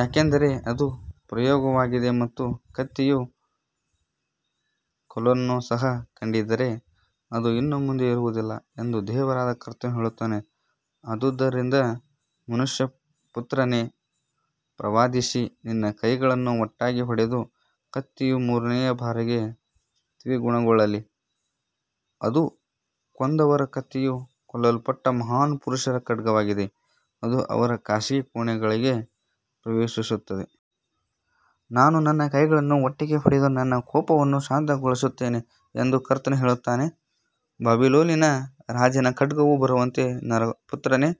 ಯಾಕಂದರೆ ಅದು ಪ್ರಯೋಗವಾಗಿದೆ ಮತ್ತು ಕತ್ತಿಯು ಕೋಲನ್ನು ಸಹ ಖಂಡಿಸಿದರೆ ಅದು ಇನ್ನು ಮುಂದೆ ಇರುವುದಿಲ್ಲ ಎಂದು ದೇವರಾದ ಕರ್ತನು ಹೇಳುತ್ತಾನೆ. ಆದುದರಿಂದ ಮನುಷ್ಯಪುತ್ರನೇ, ಪ್ರವಾದಿಸಿ, ನಿನ್ನ ಕೈಗಳನ್ನು ಒಟ್ಟಿಗೆ ಹೊಡೆದು, ಕತ್ತಿಯು ಮೂರನೇ ಬಾರಿಗೆ ದ್ವಿಗುಣಗೊಳ್ಳಲಿ. ಅದು ಕೊಂದವರ ಕತ್ತಿಯು, ಕೊಲ್ಲಲ್ಪಟ್ಟ ಮಹಾನ್ ಪುರುಷರ ಖಡ್ಗವಾಗಿದೆ, ಅದು ಅವರ ಖಾಸಗಿ ಕೋಣೆಗಳಿಗೆ ಪ್ರವೇಶಿಸುತ್ತದೆ. ನಾನು ನನ್ನ ಕೈಗಳನ್ನು ಒಟ್ಟಿಗೆ ಹೊಡೆದು ನನ್ನ ಕೋಪವನ್ನು ಶಾಂತಗೊಳಿಸುತ್ತೇನೆ ಎಂದು ಕರ್ತನು ಹೇಳಿದ್ದಾನೆ. ಬಾಬಿಲೋನಿನ ರಾಜನ ಖಡ್ಗವು ಬರುವಂತೆ ನರಪುತ್ರನೇ,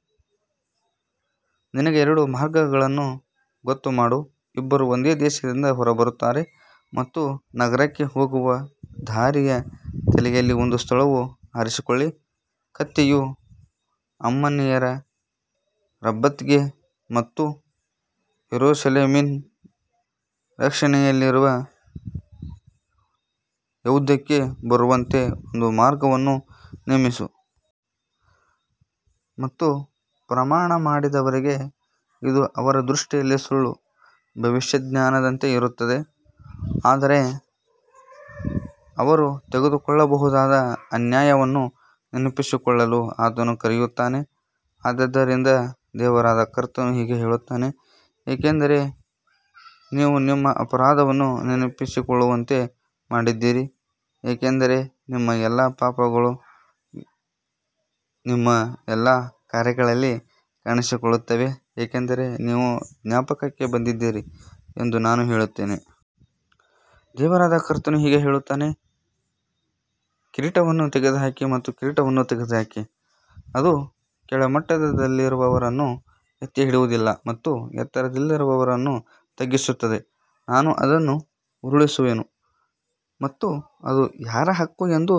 ನಿನಗೆ ಎರಡು ಮಾರ್ಗಗಳನ್ನು ಗೊತ್ತುಮಾಡು. ಇಬ್ಬರೂ ಒಂದೇ ದೇಶದಿಂದ ಹೊರಬರುತ್ತಾರೆ ಮತ್ತು ನಗರಕ್ಕೆ ಹೋಗುವ ದಾರಿಯ ತಲೆಯಲ್ಲಿ ಒಂದು ಸ್ಥಳವನ್ನು ಆರಿಸಿಕೊಳ್ಳಿ. ಕತ್ತಿಯು ಅಮ್ಮೋನಿಯರ ರಬ್ಬತ್ಗೆ ಮತ್ತು ಯೆರೂಸಲೇಮಿನ ರಕ್ಷಣೆಯಲ್ಲಿರುವ ಯೆಹೂದಕ್ಕೆ ಬರುವಂತೆ ಒಂದು ಮಾರ್ಗವನ್ನು ನೇಮಿಸು. ಮತ್ತು ಪ್ರಮಾಣ ಮಾಡಿದವರಿಗೆ ಇದು ಅವರ ದೃಷ್ಟಿಯಲ್ಲಿ ಸುಳ್ಳು ಭವಿಷ್ಯಜ್ಞಾನದಂತೆ ಇರುತ್ತದೆ, ಆದರೆ ಅವರು ತೆಗೆದುಕೊಳ್ಳಬಹುದಾದ ಅನ್ಯಾಯವನ್ನು ನೆನಪಿಸಿಕೊಳ್ಳಲು ಆತನು ಕರೆಯುತ್ತಾನೆ. ಆದದರಿಂದ ದೇವರಾದ ಕರ್ತನು ಹೀಗೆ ಹೇಳುತ್ತಾನೆ, ಏಕೆಂದರೆ ನೀವು ನಿಮ್ಮ ಅಪರಾಧವನ್ನು ನೆನಪಿಸಿಕೊಳ್ಳುವಂತೆ ಮಾಡಿದ್ದೀರಿ, ಏಕೆಂದರೆ ನಿಮ್ಮ ಎಲ್ಲಾ ಪಾಪಗಳು ನಿಮ್ಮ ಎಲ್ಲಾ ಕಾರ್ಯಗಳಲ್ಲಿ ಕಾಣಿಸಿಕೊಳ್ಳುತ್ತವೆ, ಏಕೆಂದರೆ ನೀವು ಜ್ಞಾಪಕಕ್ಕೆ ಬಂದಿದ್ದೀರಿ ಎಂದು ನಾನು ಹೇಳುತ್ತೇನೆ. ದೇವರಾದ ಕರ್ತನು ಹೀಗೆ ಹೇಳುತ್ತಾನೆ, ಕಿರೀಟವನ್ನು ತೆಗೆದುಹಾಕಿ ಮತ್ತು ಕಿರೀಟವನ್ನು ತೆಗೆದುಹಾಕಿ, ಅದು ಕೆಳಮಟ್ಟದಲ್ಲಿರುವವನನ್ನು ಎತ್ತಿಹಿಡಿಯುವುದಿಲ್ಲ ಮತ್ತು ಎತ್ತರದಲ್ಲಿರುವವನನ್ನು ತಗ್ಗಿಸುತ್ತದೆ. ನಾನು ಅದನ್ನು ಉರುಳಿಸುವೆನು ಮತ್ತು ಅದು ಯಾರ ಹಕ್ಕು ಎಂದು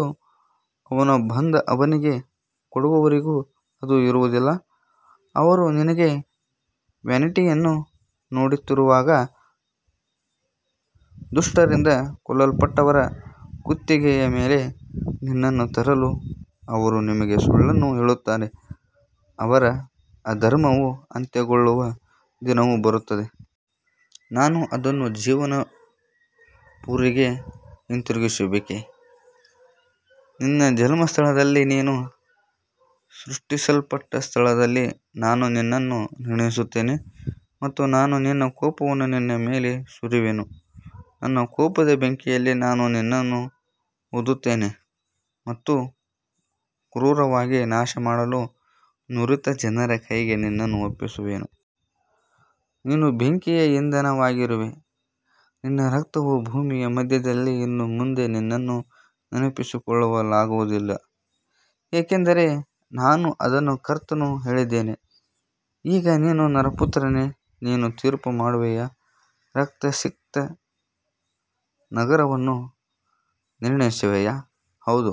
ಅವನು ಬಂದು ಅವನಿಗೆ ಕೊಡುವವರೆಗೂ ಅದು ಇರುವುದಿಲ್ಲ. ಅವರು ನಿನಗೆ ವ್ಯಾನಿಟಿಯನ್ನು ನೋಡುತ್ತಿರುವಾಗ, ದುಷ್ಟರಿಂದ ಕೊಲ್ಲಲ್ಪಟ್ಟವರ ಕುತ್ತಿಗೆಯ ಮೇಲೆ ನಿನ್ನನ್ನು ತರಲು ಅವರು ನಿಮಗೆ ಸುಳ್ಳನ್ನು ಹೇಳುತ್ತಾರೆ, ಅವರ ಅಧರ್ಮವು ಅಂತ್ಯಗೊಳ್ಳುವ ದಿನವು ಬರುತ್ತದೆ. ನಾನು ಅದನ್ನು ಅವನ ಪೊರೆಗೆ ಹಿಂತಿರುಗಿಸಬೇಕೇ, ನಿನ್ನ ಜನ್ಮಸ್ಥಳದಲ್ಲಿ ನೀನು ಸೃಷ್ಟಿಸಲ್ಪಟ್ಟ ಸ್ಥಳದಲ್ಲಿ ನಾನು ನಿನ್ನನ್ನು ನಿರ್ಣಯಿಸುತ್ತೇನೆ ಮತ್ತು ನಾನು ನನ್ನ ಕೋಪವನ್ನು ನಿನ್ನ ಮೇಲೆ ಸುರಿಯುವೆನು. ನನ್ನ ಕೋಪದ ಬೆಂಕಿಯಲ್ಲಿ ನಾನು ನಿನ್ನನ್ನು ಊದುತ್ತೇನೆ ಮತ್ತು ಕ್ರೂರವಾಗಿ ನಾಶಮಾಡಲು ನುರಿತ ಜನರ ಕೈಗೆ ನಿನ್ನನ್ನು ಒಪ್ಪಿಸುವೆನು. ನೀನು ಬೆಂಕಿಗೆ ಇಂಧನವಾಗಿರುವೆ, ನಿನ್ನ ರಕ್ತವು ಭೂಮಿಯ ಮಧ್ಯದಲ್ಲಿದೆ, ಇನ್ನು ಮುಂದೆ ನಿನ್ನನ್ನು ನೆನಪಿಸಿಕೊಳ್ಳಲಾಗುವುದಿಲ್ಲ, ಏಕೆಂದರೆ ನಾನು ಅದನ್ನು ಕರ್ತನು ಹೇಳಿದ್ದೇನೆ. ಈಗ ನೀನು ನರಪುತ್ರನೇ, ನೀನು ತೀರ್ಪುಮಾಡುವಿಯಾ, ರಕ್ತಸಿಕ್ತ ನಗರವನ್ನು ನಿರ್ಣಯಿಸುವಿಯಾ? ಹೌದು,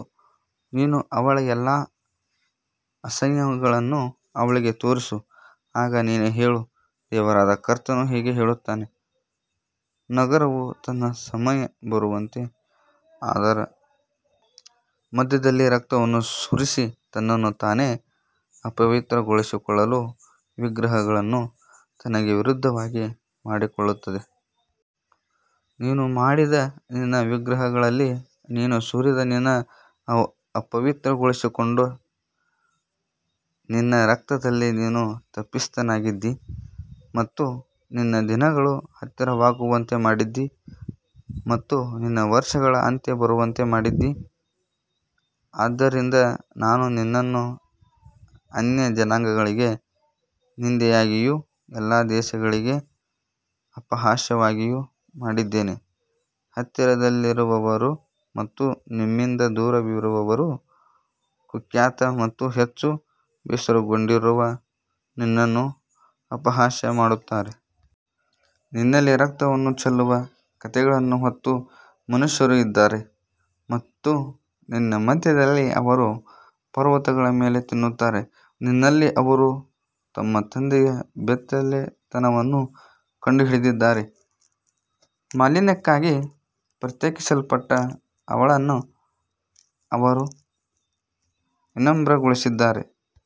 ನೀನು ಅವಳ ಎಲ್ಲಾ ಅಸಹ್ಯಗಳನ್ನು ಅವಳಿಗೆ ತೋರಿಸು. ಆಗ ನೀನು ಹೇಳು, ದೇವರಾದ ಕರ್ತನು ಹೀಗೆ ಹೇಳುತ್ತಾನೆ, ನಗರವು ತನ್ನ ಸಮಯ ಬರುವಂತೆ ಅದರ ಮಧ್ಯದಲ್ಲಿ ರಕ್ತವನ್ನು ಸುರಿಸಿ ತನ್ನನ್ನು ತಾನೇ ಅಪವಿತ್ರಗೊಳಿಸಿಕೊಳ್ಳಲು ವಿಗ್ರಹಗಳನ್ನು ತನಗೆ ವಿರುದ್ಧವಾಗಿ ಮಾಡಿಕೊಳ್ಳುತ್ತದೆ. ನೀನು ಮಾಡಿದ ನಿನ್ನ ವಿಗ್ರಹಗಳಲ್ಲಿ ನೀನು ಸುರಿದು ನಿನ್ನನ್ನು ಅಪವಿತ್ರಗೊಳಿಸಿಕೊಂಡ ನಿನ್ನ ರಕ್ತದಲ್ಲಿ ನೀನು ತಪ್ಪಿತಸ್ಥನಾಗಿದ್ದೀ ಮತ್ತು ನಿನ್ನ ದಿನಗಳು ಹತ್ತಿರವಾಗುವಂತೆ ಮಾಡಿದ್ದೀ ಮತ್ತು ನಿನ್ನ ವರ್ಷಗಳ ಅಂತ್ಯ ಬರುವಂತೆ ಮಾಡಿದ್ದೀ. ಆದ್ದರಿಂದ ನಾನು ನಿನ್ನನ್ನು ಅನ್ಯಜನಾಂಗಗಳಿಗೆ ನಿಂದೆಯಾಗಿಯೂ ಎಲ್ಲಾ ದೇಶಗಳಿಗೆ ಅಪಹಾಸ್ಯವಾಗಿಯೂ ಮಾಡಿದ್ದೇನೆ. ಹತ್ತಿರದಲ್ಲಿರುವವರು ಮತ್ತು ನಿಮ್ಮಿಂದ ದೂರವಿರುವವರು ಕುಖ್ಯಾತ ಮತ್ತು ಹೆಚ್ಚು ಬೇಸರಗೊಂಡಿರುವ ನಿನ್ನನ್ನು ಅಪಹಾಸ್ಯ ಮಾಡುತ್ತಾರೆ. ನಿನ್ನಲ್ಲಿ ರಕ್ತವನ್ನು ಚೆಲ್ಲುವ ಕಥೆಗಳನ್ನು ಹೊತ್ತ ಮನುಷ್ಯರು ಇದ್ದಾರೆ ಮತ್ತು ನಿನ್ನ ಮಧ್ಯದಲ್ಲಿ ಅವರು ಪರ್ವತಗಳ ಮೇಲೆ ತಿನ್ನುತ್ತಾರೆ. ನಿನ್ನಲ್ಲಿ ಅವರು ತಮ್ಮ ತಂದೆಯ ಬೆತ್ತಲೆತನವನ್ನು ಕಂಡುಹಿಡಿದಿದ್ದಾರೆ, ಮಾಲಿನ್ಯಕ್ಕಾಗಿ ಪ್ರತ್ಯೇಕಿಸಲ್ಪಟ್ಟ ಅವಳನ್ನು ಅವರು ವಿನಮ್ರಗೊಳಿಸಿದ್ದಾರೆ.